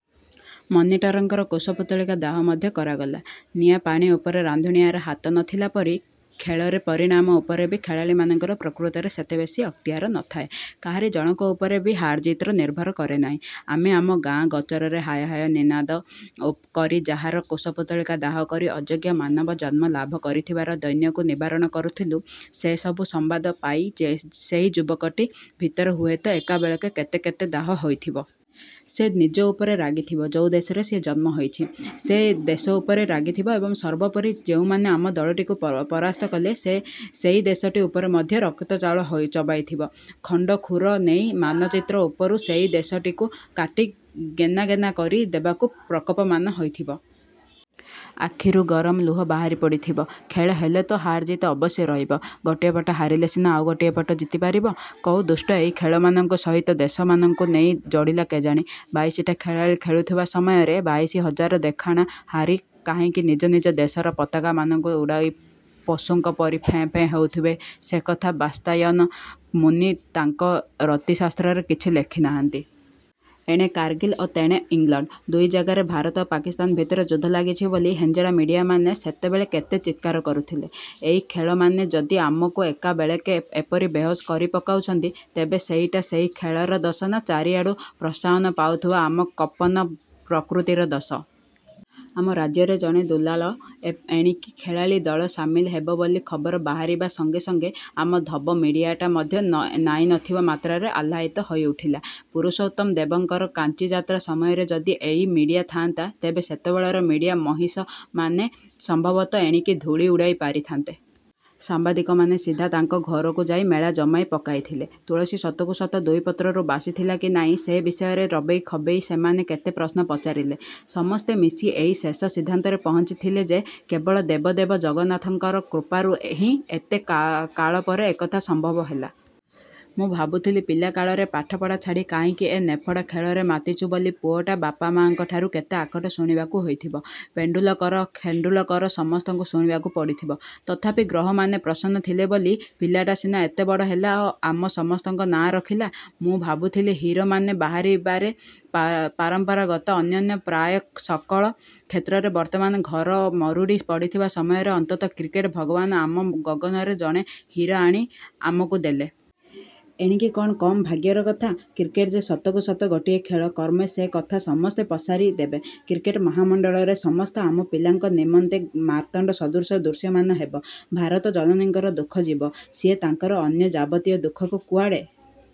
ମନିଟରଙ୍କର କୁଶପୁତ୍ତଳିକା ଦାହ ମଧ୍ୟ କରାଗଲା। ନିଆଁ ପାଣି ଉପରେ ରାନ୍ଧୁଣିଆର ହାତ ନ ଥିଲା ପରି ଖେଳରେ ପରିଣାମ ଉପରେ ବି ଖେଳାଳିମାନଙ୍କର ପ୍ରକୃତରେ ସେତେ ବେଶୀ ଅକ୍ତିଆର ନଥାଏ, କାହାରି ଜଣକ ଉପରେ ବି ହାରଜିତ୍ ନିର୍ଭର କରେନାହିଁ। ଆମେ ଆମ ଗାଆଁ ଗୋଚରରେ ହାୟ ହାୟ ନିନାଦ କରି ଯାହାର କୁଶପୁତ୍ତଳିକା ଦାହ କରି ଅଯୋଗ୍ୟ ମାନବଜନ୍ମ ଲାଭ କରିଥିବାର ଦୈନ୍ୟକୁ ନିବାରଣ କରୁଥିଲୁ, ସେହିସବୁ ସମ୍ବାଦ ପାଇ ସେହି ଯୁବକଟି ଭିତରେ ହୁଏତ ଏକାବେଳେକେ କେତେ କେତେ ଦାହ ହୋଇଥିବ। ସେ ନିଜ ଉପରେ ରାଗିଥିବ ଯୋଉ ଦେଶରେ ସିଏ ଜନ୍ମ ହୋଇଛି, ସେ ଦେଶ ଉପରେ ରାଗିଥିବ ଏବଂ ସର୍ବୋପରି ଯେଉଁମାନେ ଆମ ଦଳଟିକୁ ପ ପରାସ୍ତ କଲେ, ସେ ସେହି ଦେଶଟି ଉପରେ ମଧ୍ୟ ରକ୍ତଚାଉଳ ହୋଇ ଚୋବାଇଥିବ। ଖଣ୍ଡ କ୍ଷୁର ନେଇ ମାନଚିତ୍ର ଉପରୁ ସେହି ଦେଶଟିକୁ କାଟି ଗେନା ଗେନା କରି ଦେବାକୁ ପ୍ରକୋପମାନ ହୋଇଥିବ। ଆଖିରୁ ଗରମ ଲୁହ ବାହାରି ପଡ଼ିଥିବ। ଖେଳ ହେଲେ ତ ହାରଜିତ୍ ଅବଶ୍ୟ ରହିବ। ଗୋଟାଏ ପଟ ହାରିଲେ ସିନା ଆଉ ଗୋଟାଏ ପଟ ଜିତିପାରିବ? କୋଉ ଦୁଷ୍ଟ ଏହି ଖେଳମାନଙ୍କ ସହିତ ଦେଶମାନଙ୍କୁ ନେଇ ଯୋଡ଼ିଲା କେଜାଣି? ବାଇଶିଟା ଖେଳାଳି ଖେଳୁଥିବା ସମୟରେ ବାଇଶି ହଜାର ଦେଖଣାହାରି କାହିଁକି ନିଜ ନିଜ ଦେଶର ପତାକାମାନଙ୍କୁ ଉଡ଼ାଇ ପଶୁଙ୍କ ପରି ପେଁ ପେଁ ହେଉଥିବେ ସେ କଥା ବାତ୍ସାୟନ ମୁନି ତାଙ୍କ ରତିଶାସ୍ତ୍ରରେ କିଛି ଲେଖିନାହାନ୍ତି। ଏଣେ କାରଗିଲ୍ ଓ ତେଣେ ଇଂଲଣ୍ଡ, ଦୁଇ ଜାଗାରେ ଭାରତ ଓ ପାକିସ୍ତାନ ଭିତରେ ଯୁଦ୍ଧ ଲାଗିଛି ବୋଲି ହେଞ୍ଜେଡ଼ା ମିଡ଼ିଆମାନେ ସେତେବେଳେ କେତେ ଚିତ୍କାର କରୁଥିଲେ। ଏହି ଖେଳମାନେ ଯଦି ଆମକୁ ଏକାବେଳେକେ ଏପରି ବେହୋସ କରି ପକାଉଛନ୍ତି, ତେବେ ସେଇଟା ସେହି ଖେଳର ଦୋଷ ନା ଚାରିଆଡୁ ପ୍ରୋତ୍ସାହନ ପାଉଥିବା ଆମ କପନ ପ୍ରକୃତିର ଦୋଷ? ଆମ ରାଜ୍ୟର ଜଣେ ଦୁଲାଳ ଏଣିକି ଖେଳାଳି ଦଳରେ ସାମିଲ ହେବେ ବୋଲି ଖବର ବାହାରିବା ସଂଗେ ସଂଗେ ଆମ ଧବ ମିଡ଼ିଆଟା ମଧ୍ୟ ନ ନାହିଁନଥିବା ମାତ୍ରାରେ ଆହ୍ଲାଇ ତ ହୋଇଉଠିଲା। ପୁରୁଷୋତ୍ତମ ଦେବଙ୍କର କାଞ୍ଚିଯାତ୍ରା ସମୟରେ ଯଦି ଏଇ ମିଡ଼ିଆ ଥାଆନ୍ତା, ତେବେ ସେତେବେଳର ମିଡ଼ିଆ ମହିଷମାନେ ସମ୍ଭବତ ଏତିକି ଧୂଳି ଉଡ଼ାଇ ପାରିଥାନ୍ତେ। ସାମ୍ବାଦିକମାନେ ସିଧା ତାଙ୍କ ଘରକୁ ଯାଇ ମେଳା ଜମାଇ ପକାଇଥିଲେ। ତୁଳସୀ ସତକୁ ସତ ଦୁଇ ପତ୍ରରୁ ବାସିଥିଲା କି ନାହିଁ, ସେହି ବିଷୟରେ ରବେଇ ଖବେଇ ସେମାନେ କେତେ ପ୍ରଶ୍ନ ପଚାରିଲେ। ସମସ୍ତେ ମିଶି ଏହି ଶେଷ ସିଦ୍ଧାନ୍ତରେ ପହଞ୍ଚିଲେ ଯେ କେବଳ ଦେବ ଦେବ ଜଗନ୍ନାଥଙ୍କର କୃପାରୁ ଏହି ଏତେ କାଳପରେ ଏକଥା ସମ୍ଭବ ହେଲା। ମୁଁ ଭାବୁଥିଲି ପିଲାକାଳରେ ପାଠପଢ଼ା ଛାଡ଼ି କାହିଁକି ଏ ନେଫେଡ଼ା ଖେଳରେ ମାତିଛୁ ବୋଲି ପୁଅଟାକୁ ବାପା, ମାଆଙ୍କ ଠାରୁ କେତେ ଆକଟ ଶୁଣିବାକୁ ହୋଇଥିବ। ପେଣ୍ଡୁଲକର ଓ ଖେଣ୍ଡୁଲକର ସମସ୍ତଙ୍କୁ ଶୁଣିବାକୁ ପଡ଼ିଥିବ । ତଥାପି ଗ୍ରହମାନେ ପ୍ରସନ୍ନ ଥିଲେ ବୋଲି ପିଲାଟା ସିନା ଏତେବଡ଼ ହେଲା ଓ ଆମ ସମସ୍ତଙ୍କର ନାଆଁ ରଖିଲା, ମୁଁ ଭାବୁଥିଲି ହିରୋମାନେ ବାହାରିବାରେ ପାରମ୍ପରାଗତ ଅନ୍ୟାନ୍ୟ ପ୍ରାୟ ସକଳ କ୍ଷେତ୍ରରେ ବର୍ତ୍ତମାନ ଘୋର ମରୁଡ଼ି ପଡ଼ିଥିବା ସମୟରେ ଅନ୍ତତ କ୍ରିକେଟ ଭଗବାନ ଆମ ଗଗନରେ ଜଣେ ହିରୋ ଆଣି ଆମକୁ ଦେଲେ। ଏତିକି କଣ କମ୍ ଭାଗ୍ୟର କଥା? କ୍ରିକେଟ ଯେ ସତକୁ ସତ ଗୋଟିଏ ଖେଳ, କ୍ରମେ ସେ କଥା ସମସ୍ତେ ପସୋରିଦେବେ। କ୍ରିକେଟ ମହାମଣ୍ଡଳର ସମସ୍ତେ ଆମ ପିଲାଙ୍କ ନିମନ୍ତେ ମାର୍ତ୍ତଣ୍ଡ ସଦୃଶ ଦୃଶ୍ୟମାନ ହେବେ। ଭାରତ ଜନନୀଙ୍କର ଦୁଃଖ ଯିବ। ସିଏ ତାଙ୍କର ଅନ୍ୟ ଯାବତୀୟ ଦୁଃଖକୁ କୁଆଡ଼େ